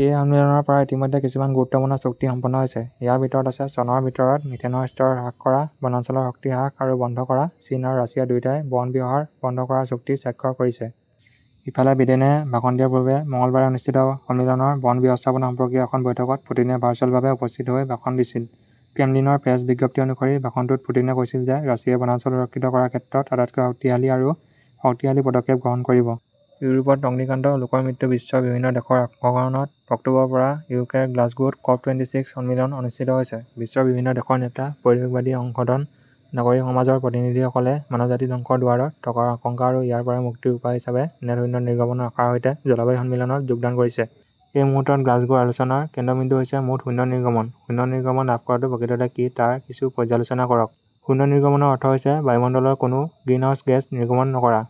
এই সন্মিলনৰ পৰা ইতিমধ্যে কিছুমান গুৰুত্বপূৰ্ণ চুক্তি সম্পন্ন হৈছে। ইয়াৰ ভিতৰত আছে চনৰ ভিতৰত মিথেনৰ স্তৰ হ্ৰাস কৰা, বনাঞ্চলৰ শক্তি হ্ৰাস আৰু বন্ধ কৰা। চীন আৰু ৰাছিয়া দুয়োটাই বন ব্যৱহাৰ বন্ধ কৰাৰ চুক্তি স্বাক্ষৰ কৰিছে। ইফালে, বিডেনে ভাষণ দিয়াৰ পূৰ্বে মঙলবাৰে অনুষ্ঠিত সন্মিলনৰ বন ব্যৱস্থাপনা সম্পৰ্কীয় এখন বৈঠকত পুটিনে ভাৰ্চুৱেলভাৱে উপস্থিত হৈ ভাষণ দিছিল। ক্ৰেমলিনৰ প্ৰেছ বিজ্ঞপ্তি অনুসৰি, ভাষণটোত পুটিনে কৈছিল যে ৰাছিয়াই বনাঞ্চল সুৰক্ষিত কৰাৰ ক্ষেত্ৰত আটাইতকৈ শক্তিশালী আৰু শক্তিশালী পদক্ষেপ গ্ৰহণ কৰিব। ইউৰোপত অগ্নিকাণ্ড, লোকৰ মৃত্যু বিশ্বৰ বিভিন্ন দেশৰ অংশগ্ৰহণত অক্টোবৰৰ পৰা ইউকেৰ গ্লাছগোত 'কপ টুৱেন্টি ছিক্স সন্মিলন অনুষ্ঠিত হৈছে। বিশ্বৰ বিভিন্ন দেশৰ নেতা, পৰিৱেশবাদী সংগঠন, নাগৰিক সমাজৰ প্ৰতিনিধিসকলে 'মানৱজাতি ধ্বংসৰ দুৱাৰত "থকাৰ আশংকা আৰু ইয়াৰ পৰা মুক্তিৰ উপায় হিচাপে নেট শূন্য নিৰ্গমনৰ আশাৰ সৈতে জলবায়ু সন্মিলনত যোগদান কৰিছে। এই মুহূৰ্তত গ্লাছগোৰ আলোচনাৰ কেন্দ্ৰবিন্দু হৈছে মুঠ শূন্য নিৰ্গমন। শূন্য নিৰ্গমন লাভ কৰাটো প্ৰকৃততে কি তাৰ কিছু পৰ্যালোচনা কৰক। শূন্য নিৰ্গমনৰ অৰ্থ হৈছে বায়ুমণ্ডলত কোনো গ্ৰিনহাউজ গেছ নিৰ্গমন নকৰা।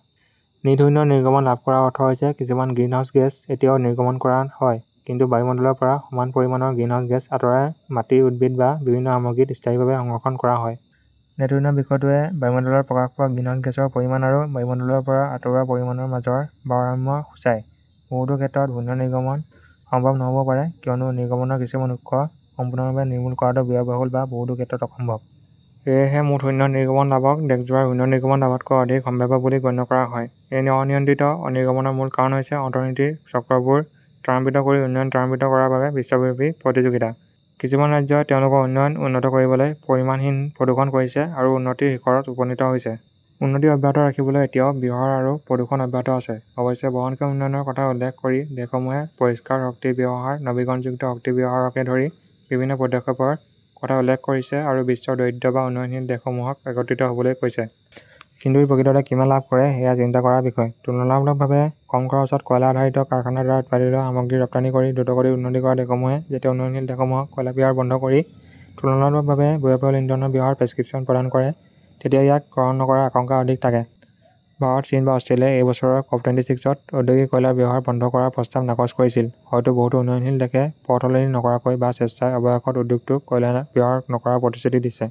নিট-শূন্য নিৰ্গমন লাভ কৰাৰ অৰ্থ হৈছে যে কিছুমান গ্ৰিনহাউজ গেছ এতিয়াও নিৰ্গমন কৰা হয়, কিন্তু বায়ুমণ্ডলৰ পৰা সমান পৰিমাণৰ গ্ৰিনহাউজ গেছ আঁতৰাই মাটি, উদ্ভিদ বা বিভিন্ন সামগ্ৰীত স্থায়ীভাৱে সংৰক্ষণ কৰা হয়। নেট শূন্য বিষয়টোৱে বায়ুমণ্ডলত প্ৰকাশ পোৱা গ্ৰিনহাউজ গেছৰ পৰিমাণ আৰু বায়ুমণ্ডলৰ পৰা আঁতৰোৱা পৰিমাণৰ মাজৰ ভাৰসাম্য সূচায়। বহুতো ক্ষেত্ৰত শূন্য নিৰ্গমন সম্ভৱ নহ 'বও পাৰে, কিয়নো নিৰ্গমনৰ কিছুমান উৎস সম্পূৰ্ণৰূপে নিৰ্মূল কৰাটো ব্যয়বহুল বা বহুতো ক্ষেত্ৰত অসম্ভৱ। সেয়েহে মুঠ শূন্য নিৰ্গমন লাভক দেশজোৰা শূন্য নিৰ্গমন লাভতকৈ অধিক সম্ভাৱ্য বুলি গণ্য কৰা হয়। এই অনিয়ন্ত্ৰিত নিৰ্গমনৰ মূল কাৰণ হৈছে অৰ্থনীতিৰ চক্ৰবোৰ ত্বৰান্বিত কৰি উন্নয়ন ত্বৰান্বিত কৰাৰ বাবে বিশ্বব্যাপী প্ৰতিযোগিতা। কিছুমান ৰাজ্যই তেওঁলোকৰ উন্নয়ন উন্নত কৰিবলৈ পৰিমাণহীন প্ৰদূষণ কৰিছে আৰু উন্নতিৰ শিখৰত উপনীত হৈছে। উন্নতি অব্যাহত ৰাখিবলৈ এতিয়াও ব্যৱহাৰ আৰু প্ৰদূষণ অব্যাহত আছে। অৱশ্যে, বহনক্ষম উন্নয়নৰ কথা উল্লেখ কৰি দেশসমূহে পৰিষ্কাৰ শক্তি ব্যৱহাৰ, নৱীকৰণযোগ্য শক্তি ব্যৱহাৰকে ধৰি বিভিন্ন পদক্ষেপৰ কথা উল্লেখ কৰিছে আৰু বিশ্বৰ দৰিদ্ৰ বা উন্নয়নশীল দেশসমূহক একত্ৰিত হ'বলৈ কৈছে। কিন্তু ই প্ৰকৃততে কিমান লাভ কৰে সেয়া চিন্তা কৰাৰ বিষয়। তুলনামূলকভাৱে কম খৰচত কয়লা-আধাৰিত কাৰখানাৰ দ্বাৰা উৎপাদিত সামগ্ৰী ৰপ্তানি কৰি দ্ৰুতগতিত উন্নতি কৰা দেশসমূহে যেতিয়া উন্নয়নশীল দেশসমূহক কয়লা ব্যৱহাৰ বন্ধ কৰি তুলনামূলকভাৱে ব্যয়বহুল ইন্ধন ব্যৱহাৰৰ প্ৰেছক্ৰিপশ্যন প্ৰদান কৰে তেতিয়া ইয়াক গ্ৰহণ নকৰাৰ আশংকা অধিক থাকে। ভাৰত, চীন বা অষ্ট্ৰেলিয়াই এই বছৰৰ কপটুৱেন্টি ছিক্স-ত ঔদ্যোগিক কয়লাৰ ব্যৱহাৰ বন্ধ কৰাৰ প্ৰস্তাৱ নাকচ কৰিছিল। হয়তো বহুতো উন্নয়নশীল দেশে পথ সলনি নকৰাকৈ বা স্বেচ্ছাই অৱশেষত উদ্যোগটোত কয়লা ব্যৱহাৰ নকৰাৰ প্ৰতিশ্ৰুতি দিছে।